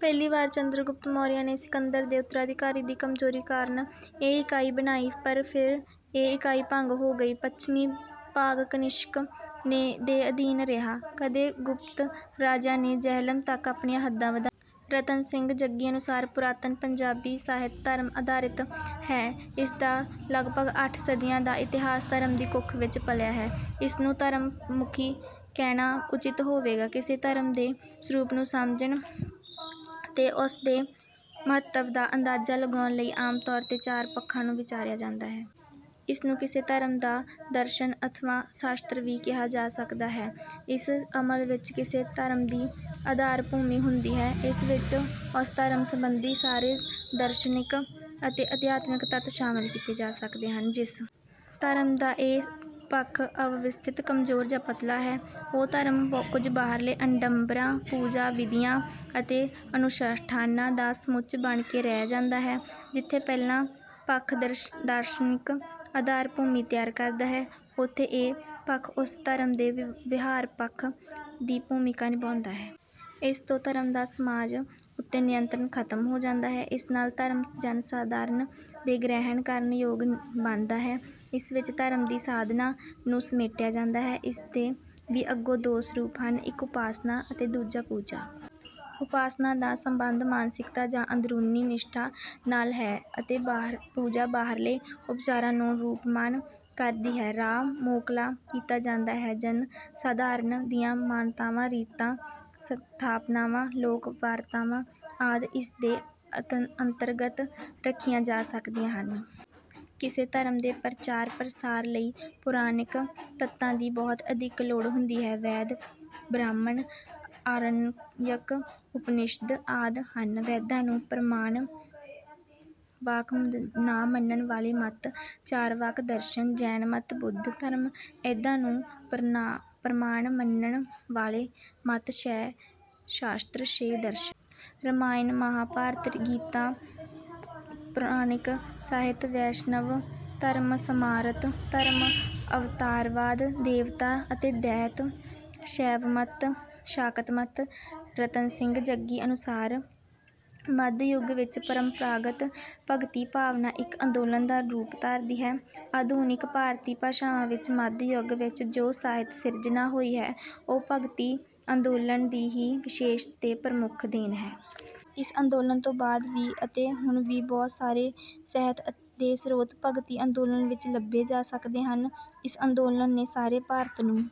ਪਹਿਲੀ ਵਾਰ ਚੰਦਰਗੁਪਤ ਮੌਰਿਆ ਨੇ ਸਿਕੰਦਰ ਦੇ ਉੱਤਰਾਧਿਕਾਰੀਆਂ ਦੀ ਕਮਜ਼ੋਰੀ ਕਾਰਨ ਇਹ ਇਕਾਈ ਬਣਾਈ, ਪਰ ਫਿਰ ਇਹ ਇਕਾਈ ਭੰਗ ਹੋ ਗਈ। ਪੱਛਮੀ ਭਾਗ ਕਨਿਸ਼ਕ ਦੇ ਅਧੀਨ ਰਿਹਾ। ਕਦੇ ਗੁਪਤ ਰਾਜਿਆਂ ਨੇ ਜਿਹਲਮ ਤੱਕ ਆਪਣੀਆਂ ਹੱਦਾਂ ਵਧਾਈਆਂ। ਰਤਨ ਸਿੰਘ ਜੱਗੀ ਅਨੁਸਾਰ, ਪੁਰਾਤਨ ਪੰਜਾਬੀ ਸਾਹਿਤ ਧਰਮ-ਆਧਾਰਿਤ ਹੈ। ਇਸ ਦਾ ਲਗਭਗ ਅੱਠ ਸਦੀਆਂ ਦਾ ਇਤਿਹਾਸ ਧਰਮ ਦੀ ਕੁੱਖ ਵਿੱਚ ਪਲਿਆ ਹੈ। ਇਸ ਨੂੰ ਧਰਮ-ਮੁਖੀ ਕਹਿਣਾ ਉਚਿਤ ਹੋਵੇਗਾ। ਕਿਸੇ ਧਰਮ ਦੇ ਸਰੂਪ ਨੂੰ ਸਮਝਣ ਤੇ ਉਸ ਦੇ ਮਹੱਤਵ ਦਾ ਅੰਦਾਜ਼ਾ ਲਗਾਉਣ ਲਈ ਆਮ ਤੌਰ ’ਤੇ ਚਾਰ ਪੱਖਾਂ ਨੂੰ ਵਿਚਾਰਿਆ ਜਾਂਦਾ ਹੈ। ਇਸ ਨੂੰ ਕਿਸੇ ਧਰਮ ਦਾ ਦਰਸ਼ਨ ਅਥਵਾ ਸ਼ਾਸਤਰ ਵੀ ਕਿਹਾ ਜਾ ਸਕਦਾ ਹੈ। ਇਸ ਅਮਲ ਵਿੱਚ ਕਿਸੇ ਧਰਮ ਦੀ ਆਧਾਰ-ਭੂਮੀ ਹੁੰਦੀ ਹੈ। ਇਸ ਵਿੱਚ ਉਸ ਧਰਮ ਸੰਬੰਧੀ ਸਾਰੇ ਦਾਰਸ਼ਨਿਕ ਅਤੇ ਅਧਿਆਤਮਕ ਤੱਤ ਸ਼ਾਮਲ ਕੀਤੇ ਜਾ ਸਕਦੇ ਹਨ। ਜਿਸ ਧਰਮ ਦਾ ਇਹ ਪੱਖ ਅਵਿਵਸਥਿਤ, ਕਮਜ਼ੋਰ ਜਾਂ ਪਤਲਾ ਹੈ, ਉਹ ਧਰਮ ਕੁਝ ਬਾਹਰਲੇ ਆਡੰਬਰਾਂ, ਪੂਜਾ-ਵਿਧੀਆਂ ਅਤੇ ਅਨੁਸ਼ਠਾਨਾਂ ਦਾ ਸਮੁੱਚ ਬਣ ਕੇ ਰਹਿ ਜਾਂਦਾ ਹੈ। ਜਿੱਥੇ ਪਹਿਲਾ ਪੱਖ ਦਾਰਸ਼ਨਿਕ ਆਧਾਰ-ਭੂਮੀ ਤਿਆਰ ਕਰਦਾ ਹੈ, ਉੱਥੇ ਇਹ ਪੱਖ ਉਸ ਧਰਮ ਦੇ ਵਿਹਾਰਕ ਪੱਖ ਦੀ ਭੂਮਿਕਾ ਨਿਭਾਉਂਦਾ ਹੈ। ਇਸ ਤੋਂ ਧਰਮ ਦਾ ਸਮਾਜ ਉੱਤੇ ਨਿਯੰਤਰਨ ਖ਼ਤਮ ਹੋ ਜਾਂਦਾ ਹੈ। ਇਸ ਨਾਲ ਧਰਮ ਜਨ-ਸਾਧਾਰਨ ਦੇ ਗ੍ਰਹਿਣ ਕਰਨ ਯੋਗ ਬਣਦਾ ਹੈ। ਇਸ ਵਿੱਚ ਧਰਮ ਦੀ ਸਾਧਨਾ ਨੂੰ ਸਮੇਟਿਆ ਜਾਂਦਾ ਹੈ। ਇਸ ਦੇ ਵੀ ਅੱਗੋਂ ਦੋ ਸਰੂਪ ਹਨ—ਇੱਕ ਉਪਾਸਨਾ ਅਤੇ ਦੂਜਾ ਪੂਜਾ। ਉਪਾਸਨਾ ਦਾ ਸੰਬੰਧ ਮਾਨਸਿਕਤਾ ਜਾਂ ਅੰਦਰੂਨੀ ਨਿਸ਼ਠਾ ਨਾਲ ਹੈ ਅਤੇ ਪੂਜਾ ਬਾਹਰਲੇ ਉਪਚਾਰਾਂ ਨੂੰ ਰੂਪਮਾਨ ਕਰਦੀ ਹੈ। ਰਾਹ ਮੋਕਲਾ ਕੀਤਾ ਜਾਂਦਾ ਹੈ। ਜਨ-ਸਾਧਾਰਨ ਦੀਆਂ ਮਾਨਤਾਵਾਂ, ਰੀਤਾਂ, ਸਥਾਪਨਾਵਾਂ, ਲੋਕ-ਵਾਰਤਾਵਾਂ ਆਦਿ ਇਸ ਦੇ ਅੰਤਰਗਤ ਰੱਖੀਆਂ ਜਾ ਸਕਦੀਆਂ ਹਨ। ਕਿਸੇ ਧਰਮ ਦੇ ਪ੍ਰਚਾਰ-ਪ੍ਰਸਾਰ ਲਈ ਪੌਰਾਣਿਕ ਤੱਤਾਂ ਦੀ ਬਹੁਤ ਅਧਿਕ ਲੋੜ ਹੁੰਦੀ ਹੈ। ਵੇਦ, ਬ੍ਰਾਹਮਣ, ਆਰਣਯਕ, ਉਪਨਿਸ਼ਦ ਆਦਿ ਹਨ। ਵੇਦਾਂ ਨੂੰ ਪ੍ਰਮਾਣ-ਵਾਕ ਨਾ ਮੰਨਣ ਵਾਲੇ ਮੱਤ—ਚਾਰਵਾਕ ਦਰਸ਼ਨ, ਜੈਨ ਮੱਤ, ਬੁੱਧ ਧਰਮ। ਵੇਦਾਂ ਨੂੰ ਪ੍ਰਮਾਣ ਮੰਨਣ ਵਾਲੇ ਮੱਤ—ਛੇ ਸ਼ਾਸਤਰ, ਛੇ ਦਰਸ਼ਨ। ਰਾਮਾਇਣ, ਮਹਾਂਭਾਰਤ, ਗੀਤਾ, ਪੌਰਾਣਿਕ ਸਾਹਿਤ, ਵੈਸ਼ਣਵ ਧਰਮ, ਸਮਾਰਤ ਧਰਮ, ਅਵਤਾਰਵਾਦ, ਦੇਵਤਾ ਅਤੇ ਦੈਂਤ, ਸ਼ੈਵ ਮੱਤ, ਸ਼ਾਕਤ ਮੱਤ। ਰਤਨ ਸਿੰਘ ਜੱਗੀ ਅਨੁਸਾਰ, ਮੱਧ ਯੁੱਗ ਵਿੱਚ ਪਰੰਪਰਾਗਤ ਭਗਤੀ-ਭਾਵਨਾ ਇੱਕ ਅੰਦੋਲਨ ਦਾ ਰੂਪ ਧਾਰਦੀ ਹੈ। ਆਧੁਨਿਕ ਭਾਰਤੀ ਭਾਸ਼ਾਵਾਂ ਵਿੱਚ ਮੱਧ ਯੁੱਗ ਵਿੱਚ ਜੋ ਸਾਹਿਤ-ਸਿਰਜਣਾ ਹੋਈ ਹੈ, ਉਹ ਭਗਤੀ ਅੰਦੋਲਨ ਦੀ ਹੀ ਵਿਸ਼ੇਸ਼ ਤੇ ਪ੍ਰਮੁੱਖ ਦੇਣ ਹੈ। ਇਸ ਅੰਦੋਲਨ ਤੋਂ ਬਾਅਦ ਵੀ ਅਤੇ ਹੁਣ ਵੀ ਬਹੁਤ ਸਾਰੇ ਸਾਹਿਤ ਦੇ ਸਰੋਤ ਭਗਤੀ ਅੰਦੋਲਨ ਵਿੱਚੋਂ ਲੱਭੇ ਜਾ ਸਕਦੇ ਹਨ। ਇਸ ਅੰਦੋਲਨ ਨੇ ਸਾਰੇ ਭਾਰਤ ਨੂੰ...